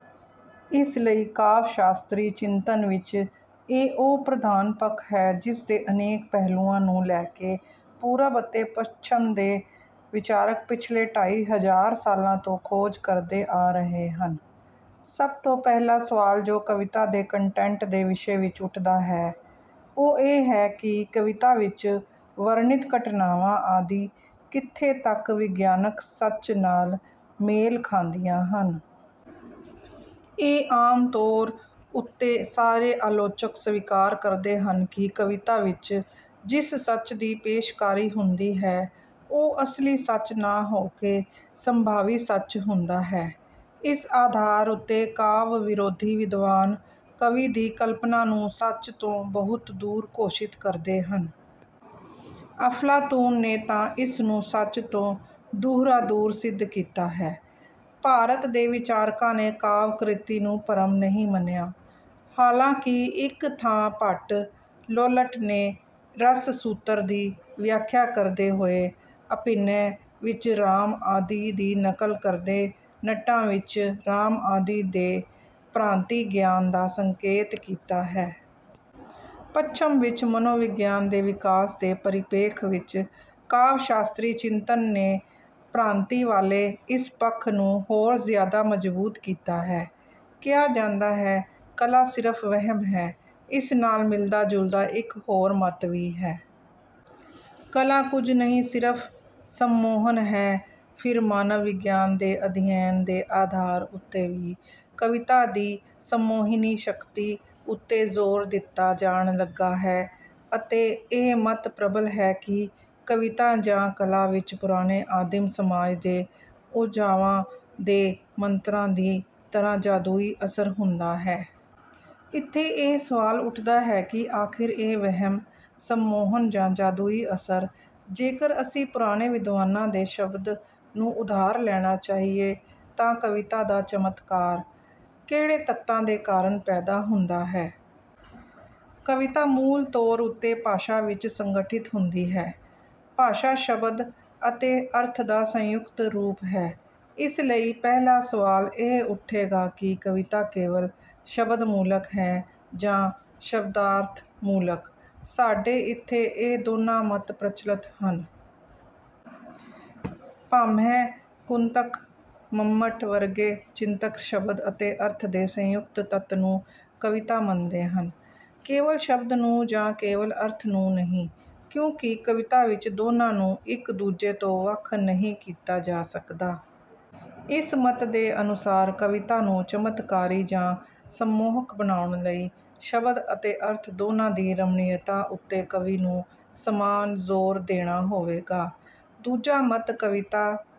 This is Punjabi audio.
ਇਸ ਲਈ ਕਾਵਿ ਸ਼ਾਸਤਰੀ ਚਿੰਤਨ ਵਿੱਚ ਇਹ ਉਹ ਪ੍ਰਧਾਨ ਪੱਖ ਹੈ ਜਿਸਦੇ ਅਨੇਕ ਪਹਿਲੂਆਂ ਨੂੰ ਲੈ ਕੇ ਪੂਰਬ ਅਤੇ ਪੱਛਮ ਦੇ ਵਿਚਾਰਕ ਪਿਛਲੇ ਢਾਈ ਹਜ਼ਾਰ ਸਾਲਾਂ ਤੋਂ ਖੋਜ ਕਰਦੇ ਆ ਰਹੇ ਹਨ। ਸਭ ਤੋਂ ਪਹਿਲਾ ਸਵਾਲ ਜੋ ਕਵਿਤਾ ਦੇ ਕੰਟੈਂਟ ਦੇ ਵਿਸ਼ੇ ਵਿੱਚ ਉੱਠਦਾ ਹੈ, ਉਹ ਇਹ ਹੈ ਕਿ ਕਵਿਤਾ ਵਿੱਚ ਵਰਣਿਤ ਘਟਨਾਵਾਂ ਆਦਿ ਕਿੱਥੇ ਤੱਕ ਵਿਗਿਆਨਕ ਸੱਚ ਨਾਲ ਮੇਲ ਖਾਂਦੀਆਂ ਹਨ। ਇਹ ਆਮ ਤੌਰ ਉੱਤੇ ਸਾਰੇ ਆਲੋਚਕ ਸਵੀਕਾਰ ਕਰਦੇ ਹਨ ਕਿ ਕਵਿਤਾ ਵਿੱਚ ਜਿਸ ਸੱਚ ਦੀ ਪੇਸ਼ਕਾਰੀ ਹੁੰਦੀ ਹੈ, ਉਹ ਅਸਲੀ ਸੱਚ ਨਾ ਹੋ ਕੇ ਸੰਭਾਵੀ ਸੱਚ ਹੁੰਦਾ ਹੈ। ਇਸ ਆਧਾਰ ਉੱਤੇ ਕਾਵਿ ਵਿਰੋਧੀ ਵਿਦਵਾਨ ਕਵੀ ਦੀ ਕਲਪਨਾ ਨੂੰ ਸੱਚ ਤੋਂ ਬਹੁਤ ਦੂਰ ਘੋਸ਼ਿਤ ਕਰਦੇ ਹਨ। ਅਫਲਾਤੂਨ ਨੇ ਤਾਂ ਇਸਨੂੰ ਸੱਚ ਤੋਂ ਦੂਹਰਾ ਦੂਰ ਸਿੱਧ ਕੀਤਾ ਹੈ। ਭਾਰਤ ਦੇ ਵਿਚਾਰਕਾਂ ਨੇ ਕਾਵਿ ਕ੍ਰਿਤੀ ਨੂੰ ਭਰਮ ਨਹੀਂ ਮੰਨਿਆ, ਹਾਲਾਂਕਿ ਇੱਕ ਥਾਂ ਭੱਟ ਲੋੱਲਟ ਨੇ ਰਸ ਸੂਤਰ ਦੀ ਵਿਆਖਿਆ ਕਰਦੇ ਹੋਏ ਅਭਿਨੈ ਵਿੱਚ ਰਾਮ ਆਦਿ ਦੀ ਨਕਲ ਕਰਦੇ ਨਟਾਂ ਵਿੱਚ ਰਾਮ ਆਦਿ ਦੇ ਭ੍ਰਾਂਤੀਗਿਆਨ ਦਾ ਸੰਕੇਤ ਕੀਤਾ ਹੈ। ਪੱਛਮ ਵਿੱਚ ਮਨੋਵਿਗਿਆਨ ਦੇ ਵਿਕਾਸ ਦੇ ਪਰਿਪੇਖ ਵਿੱਚ ਕਾਵਿ ਸ਼ਾਸਤਰੀ ਚਿੰਤਨ ਨੇ ਭ੍ਰਾਂਤੀਵਾਲੇ ਇਸ ਪੱਖ ਨੂੰ ਹੋਰ ਜ਼ਿਆਦਾ ਮਜ਼ਬੂਤ ਕੀਤਾ ਹੈ। ਕਿਹਾ ਜਾਂਦਾ ਹੈ, ਕਲਾ ਸਿਰਫ ਵਹਿਮ ਹੈ। ਇਸ ਨਾਲ ਮਿਲਦਾ ਜੁਲਦਾ ਇੱਕ ਹੋਰ ਮਤ ਵੀ ਹੈ। ਕਲਾ ਕੁੱਝ ਨਹੀਂ ਸਿਰਫ਼ ਸੰਮੋਹਨ ਹੈ। ਫਿਰ ਮਾਨਵ ਵਿਗਿਆਨ ਦੇ ਅਧਿਐਨ ਦੇ ਆਧਾਰ ਉੱਤੇ ਵੀ ਕਵਿਤਾ ਦੀ ਸੰਮੋਹਿਨੀ ਸ਼ਕਤੀ ਉੱਤੇ ਜ਼ੋਰ ਦਿੱਤਾ ਜਾਣ ਲੱਗਾ ਹੈ ਅਤੇ ਇਹ ਮਤ ਪ੍ਰਬਲ ਹੈ ਕਿ ਕਵਿਤਾ ਜਾਂ ਕਲਾ ਵਿੱਚ ਪੁਰਾਣੇ ਆਦਿਮ ਸਮਾਜ ਦੇ ਓਝਾਵਾਂ ਦੇ ਮੰਤਰਾਂ ਦੀ ਤਰ੍ਹਾਂ ਜਾਦੂਈ ਅਸਰ ਹੁੰਦਾ ਹੈ। ਇੱਥੇ ਇਹ ਸਵਾਲ ਉੱਠਦਾ ਹੈ ਕਿ ਆਖਿਰ ਇਹ ਵਹਿਮ, ਸੰਮੋਹਨ ਜਾਂ ਜਾਦੂਈ ਅਸਰ, ਜੇਕਰ ਅਸੀਂ ਪੁਰਾਣੇ ਵਿਦਵਾਨਾਂ ਦੇ ਸ਼ਬਦ ਨੂੰ ਉਧਾਰ ਲੈਣਾ ਚਾਹੀਏ ਤਾਂ ਕਵਿਤਾ ਦਾ ਚਮਤਕਾਰ, ਕਿਹੜੇ ਤੱਤਾਂ ਦੇ ਕਾਰਨ ਪੈਦਾ ਹੁੰਦਾ ਹੈ। ਕਵਿਤਾ ਮੂਲ ਤੌਰ ਉੱਤੇ ਭਾਸ਼ਾ ਵਿੱਚ ਸੰਗਠਿਤ ਹੁੰਦੀ ਹੈ। ਭਾਸ਼ਾ ਸ਼ਬਦ ਅਤੇ ਅਰਥ ਦਾ ਸੰਯੁਕਤ ਰੂਪ ਹੈ। ਇਸ ਲਈ ਪਹਿਲਾ ਸਵਾਲ ਇਹ ਉੱਠੇਗਾ ਕਿ ਕਵਿਤਾ ਕੇਵਲ ਸ਼ਬਦਮੂਲਕ ਹੈ ਜਾਂ ਸ਼ਬਦਾਰਥਮੂਲਕ। ਸਾਡੇ ਇੱਥੇ ਇਹ ਦੋਨਾਂ ਮਤ ਪ੍ਰਚੱਲਤ ਹਨ। ਭਾਮਹ, ਕੁੰਤਕ, ਮੰਮਟ ਵਰਗੇ ਚਿੰਤਕ ਸ਼ਬਦ ਅਤੇ ਅਰਥ ਦੇ ਸੰਯੁਕਤ ਤੱਤ ਨੂੰ ਕਵਿਤਾ ਮੰਨਦੇ ਹਨ, ਕੇਵਲ ਸ਼ਬਦ ਨੂੰ ਜਾਂ ਕੇਵਲ ਅਰਥ ਨੂੰ ਨਹੀਂ, ਕਿਉਂਕਿ ਕਵਿਤਾ ਵਿੱਚ ਦੋਨਾਂ ਨੂੰ ਇੱਕ ਦੂਜੇ ਤੋਂ ਵੱਖ ਨਹੀਂ ਕੀਤਾ ਜਾ ਸਕਦਾ। ਇਸ ਮਤ ਦੇ ਅਨੁਸਾਰ ਕਵਿਤਾ ਨੂੰ ਚਮਤਕਾਰੀ ਜਾਂ ਸੰਮੋਹਕ ਬਣਾਉਣ ਲਈ ਸ਼ਬਦ ਅਤੇ ਅਰਥ ਦੋਨਾਂ ਦੀ ਰਮਣੀਅਤਾ ਉੱਤੇ ਕਵੀ ਨੂੰ ਸਮਾਨ ਜ਼ੋਰ ਦੇਣਾ ਹੋਵੇਗਾ। ਦੂਜਾ ਮਤ ਕਵਿਤਾ